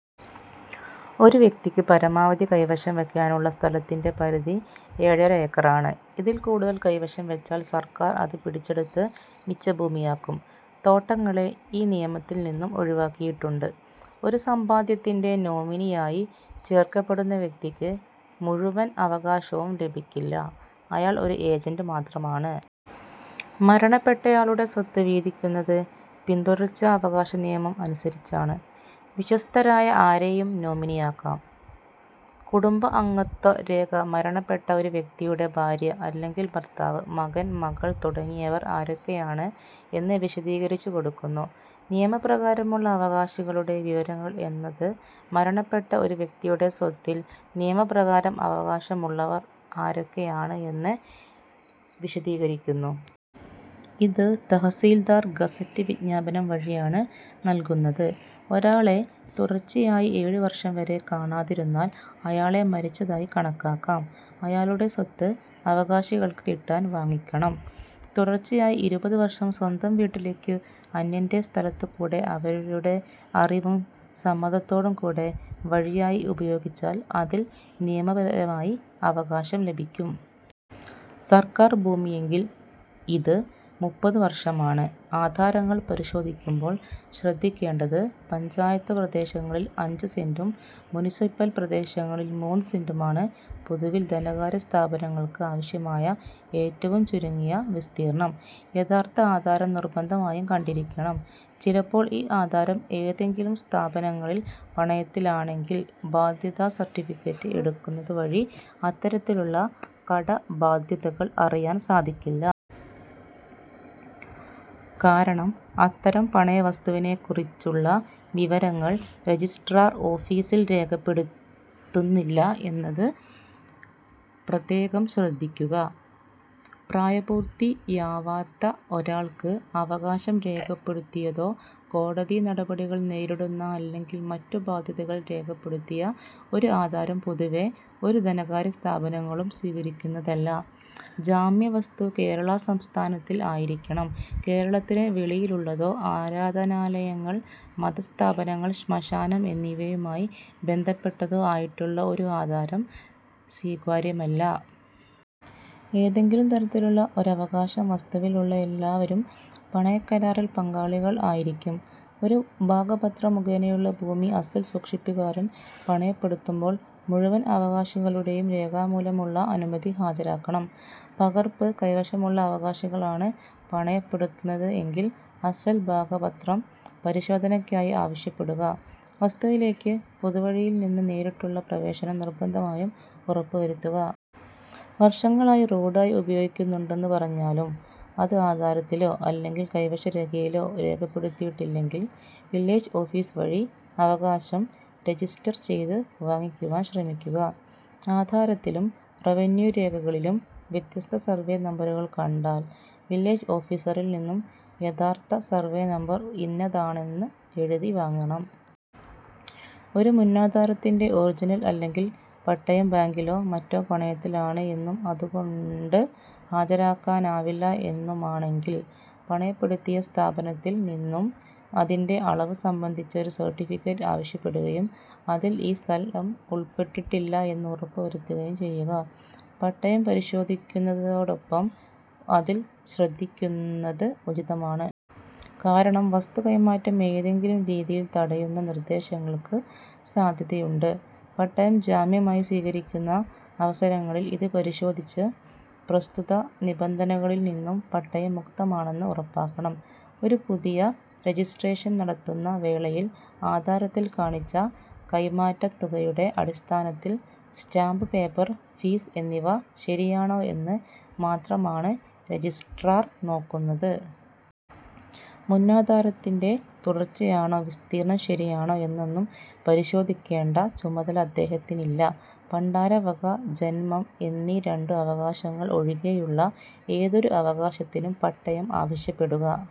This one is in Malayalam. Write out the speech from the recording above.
ഒരു വ്യക്തിക്ക് പരമാവധി കൈവശം വെക്കാനുള്ള സ്ഥലത്തിന്റെ പരിധി ഏഴര ഏക്കറാണ്. ഇതിൽ കൂടുതൽ കൈവശം വെച്ചാൽ സർക്കാർ അത് പിടിച്ചെടുത്തു മിച്ചഭൂമിയാക്കും. തോട്ടങ്ങളെ ഈ നിയമത്തിൽ നിന്നും ഒഴിവാക്കിയിട്ടുണ്ട്. ഒരു സമ്പാദ്യത്തിന്റെ നോമിനിയായി ചേർക്കപ്പെടുന്ന വ്യക്തിക്ക് മുഴുവൻ അവകാശവും ലഭിക്കില്ല. അയാൾ ഒരു എജന്റ് മാത്രമാണ്. മരണപ്പെട്ടയാളുടെ സ്വത്ത് വീതിക്കുന്നത് പിന്തുടർച്ച അവകാശ നിയമം അനുസരിച്ചാണ്. വിശ്വസ്തരായ ആരെയും നോമിനിയാക്കം. കുടുംബ അംഗത്വ രേഖ മരണപ്പെട്ട ഒരു വ്യക്തിയുടെ ഭാര്യ അല്ലെങ്കിൽ ഭർത്താവ്, മകൻ, മകൾ തുടങ്ങിയവർ ആരൊക്കെയാണ് എന്ന് വിശദീകരിച്ചു കൊടുക്കുന്നു. നിയമപ്രകാരമുള്ള അവകാശികളുടെ വിവരങ്ങൾ എന്നത് മരണപ്പെട്ട ഒരു വ്യക്തിയുടെ സ്വത്തിൽ നിയമപ്രകാരം അവകാശമുള്ളവർ ആരൊക്കെയാണ് എന്ന് വിശദീകരിക്കുന്നു. ഇത് തഹസിൽദാർ, ഗസറ്റ് വിജ്ഞാപനം വഴിയാണ് നൽകുന്നത്. ഒരാളെ തുടർച്ചയായി ഏഴു വർഷം വരെ കാണാതിരുന്നാൽ അയാളെ മരിച്ചതായി കണക്കാക്കാം. അയാളുടെ സ്വത്ത് അവകാശികൾക്ക് കിട്ടാൻ വാങ്ങിക്കണം. തുടർച്ചയായി ഇരുപതുവർഷം സ്വന്തം വീട്ടിലേക്കു അന്യന്റെ സ്ഥലത്തുകൂടെ അവരുടെ അറിവും സമ്മതത്തോടും കൂടെ വഴിയായി ഉപയോഗിച്ചാൽ അതിൽ നിയമപരമായി അവകാശം ലഭിക്കും. സർക്കാർ ഭൂമിയെങ്കിൽ ഇത് മുപ്പതു വർഷമാണ്. ആധാരങ്ങൾ പരിശോധിക്കുമ്പോൾ ശ്രദ്ധിക്കേണ്ടത് പഞ്ചായത്ത് പ്രദേശങ്ങളിൽ അഞ്ച് സെന്റും മുനിസിപൽ പ്രദേശങ്ങളിൽ മൂന്ന് സെന്റുമാണ് പൊതുവിൽ ധനകാര്യ സ്ഥാപനങ്ങൾക്ക് ആവശ്യമായ ഏറ്റവും ചുരുങ്ങിയ വിസ്തീർണ്ണം. യഥാർഥ ആധാരം നിർബന്ധമായും കണ്ടിരിക്കണം. ചിലപ്പോൾ ഈ ആധാരം ഏതെങ്കിലും സ്ഥാപനങ്ങളിൽ പണയത്തിലാണെങ്കിൽ ബാദ്ധ്യതാ സർട്ടിഫിക്കറ്റ് എടുക്കുന്നത് വഴി അത്തരത്തിലുള്ള കടബാദ്ധ്യതകൾ അറിയാൻ സാധിക്കില്ല. കാരണം അത്തരം പണയവസ്തുവിനെക്കുറിച്ചുള്ളവിവരങ്ങൾ രജിസ്ട്രാർ ഓഫീസിൽ രേഖപ്പെടുത്തുന്നില്ല എന്നത് പ്രതേകം ശ്രദ്ധിക്കുക .പ്രായപൂർത്തിയാവാത്ത ഒരാൾക്ക് അവകാശം രേഖപ്പെടുത്തിയതോ കോടതി നടപടികൾ നേരിടുന്ന അല്ലെങ്കിൽ മറ്റു ബാദ്ധ്യതകൾ രേഖപ്പെടുത്തിയ ഒരു ആധാരം പൊതുവേ ഒരു ധനകാര്യ സ്ഥാപനങ്ങളും സ്വീകരിക്കുന്നതല്ല. ജാമ്യ വസ്തു കേരള സംസ്ഥാനത്തിൽ ആയിരിക്കണം. കേരളത്തിന് വെളിയിലുള്ളതോ ആരാധാനാലയങ്ങൾ മതസ്ഥാപനങ്ങൾ ശ്മശാനം എന്നിവയുമായി ബന്ധപ്പെട്ടതോ ആയിട്ടുള്ള ഒരു ആധാരം സ്വീകാര്യമല്ല. ഏതെങ്കിലും തരത്തിലുള്ള ഒരവകാശം വസ്തുവിൽ ഉള്ള എല്ലാവരും പണയ കരാറിൽ പങ്കാളികൾ ആയിരിക്കും. ഒരു ഭാഗപത്രം മുഖേനയുള്ള ഭൂമി അസ്സൽ സൂക്ഷിപ്പുകാരൻ പണയപ്പെടുതുമ്പോൾ, മുഴുവൻ അവകാശികളുടെയും രേഖാമൂലമുള്ള അനുമതി ഹാജരാക്കണം. പകർപ്പ് കൈവശമുള്ള അവകാശികളാണ് പണയപ്പെടുത്തുന്നത് എങ്കിൽ, അസ്സൽ ഭാഗപത്രം പരിശോധനക്കായി ആവശ്യപ്പെടുക. വസ്തുവിലേക്ക് പൊതുവഴിയിൽ നിന്നു നേരിട്ടുള്ള പ്രവേശനം നിർബന്ധമായും ഉറപ്പു വരുത്തുക. വർഷങ്ങളായി റോഡ് ആയി ഉപയോഗിക്കുന്നുണ്ടെന്ന് പറഞ്ഞാലും, അത് ആധാരത്തിലോ അല്ലെങ്കിൽ കൈവശ രേഖയിലോ രേഖപ്പെടുതിയിട്ടില്ലെങ്കിൽ വില്ലേജ് ഓഫീസ് വഴി അവകാശം രജിസ്റ്റർ ചെയ്തു വാങ്ങിക്കുവാൻ ശ്രമിക്കുക. ആധാരത്തിലും റവന്യൂ രേഖകളിലും വ്യത്യസ്ത സർവേ നമ്പരുകൾ കണ്ടാൽ, വില്ലേജ് ഓഫീസറിൽ നിന്നും യഥാർത്ഥ സർവ്വേ നംബർ ഇന്നതാണെന്നു എഴുതി വാങ്ങണം. ഒരു മുന്നാധാരത്തിന്റെേ ഒറിജിനൽ അല്ലെങ്കിൽ പട്ടയം ബാങ്കിലോ മറ്റോ പണയത്തിലാണ് എന്നും അതൊകൊണ്ട് ഹാജരാക്കാനാവില്ല എന്നുമാണങ്കിൽ, പണയപ്പെടുത്തിയ സ്ഥാപനത്തിൽ നിന്നും അതിന്റെ അളവ് സംബന്ധിച്ച ഒരു സർട്ടിഫിക്കറ്റ് ആവശ്യപ്പെടുകയും, അതിൽ ഈ സ്ഥലം ഉൾപ്പെട്ടിട്ടില്ല എന്ന് ഉറപ്പു വരുത്തുകയും ചെയ്യുക. പട്ടയം പരിശോധിക്കുന്നതോടൊപ്പം അതിൽ ശ്രദ്ധിക്കുന്നത് ഉചിതമാണ്. കാരണം വസ്തു കൈമാറ്റം ഏതെങ്കിലും രീതിയിൽ തടയുന്ന നിർദ്ദേശങ്ങൾക്ക് സാധ്യതയുണ്ട്. പട്ടയം ജാമ്യമായി സ്വീകരിക്കുന്ന അവസരങ്ങളിൽ ഇത് പരിശോധിച്ച് പ്രസ്തുത നിബന്ധനകളിൽ നിന്നും പട്ടയം മുക്തമാണെന്ന് ഉറപ്പാക്കണം. ഒരു പുതിയ രജിസ്ട്രേഷൻ നടത്തുന്ന വേളയിൽ, ആധാരത്തിൽ കാണിച്ച കൈമാറ്റതുകയുടെ അടിസ്ഥാനത്തിൽ സ്റ്റാമ്പ് പേപ്പർ, ഫീസ് എന്നിവ ശരിയാണോ എന്ന് മാത്രമാണ് രജിസ്ട്രാർ നോക്കുന്നത്. മുന്നാധാരത്തിന്റെ തുടർച്ചയാണോ, വിസ്തീർണ്ണം ശരിയാണോ എന്നൊന്നും പരിശോധിക്കേണ്ട ചുമതല അദ്ദേഹത്തിനില്ല. പണ്ടാരവക, ജന്മം എന്നീ രണ്ടു അവകാശങ്ങൾ ഒഴികെയുള്ള ഏതൊരു അവകാശത്തിനും പട്ടയം ആവശ്യപ്പെടുക.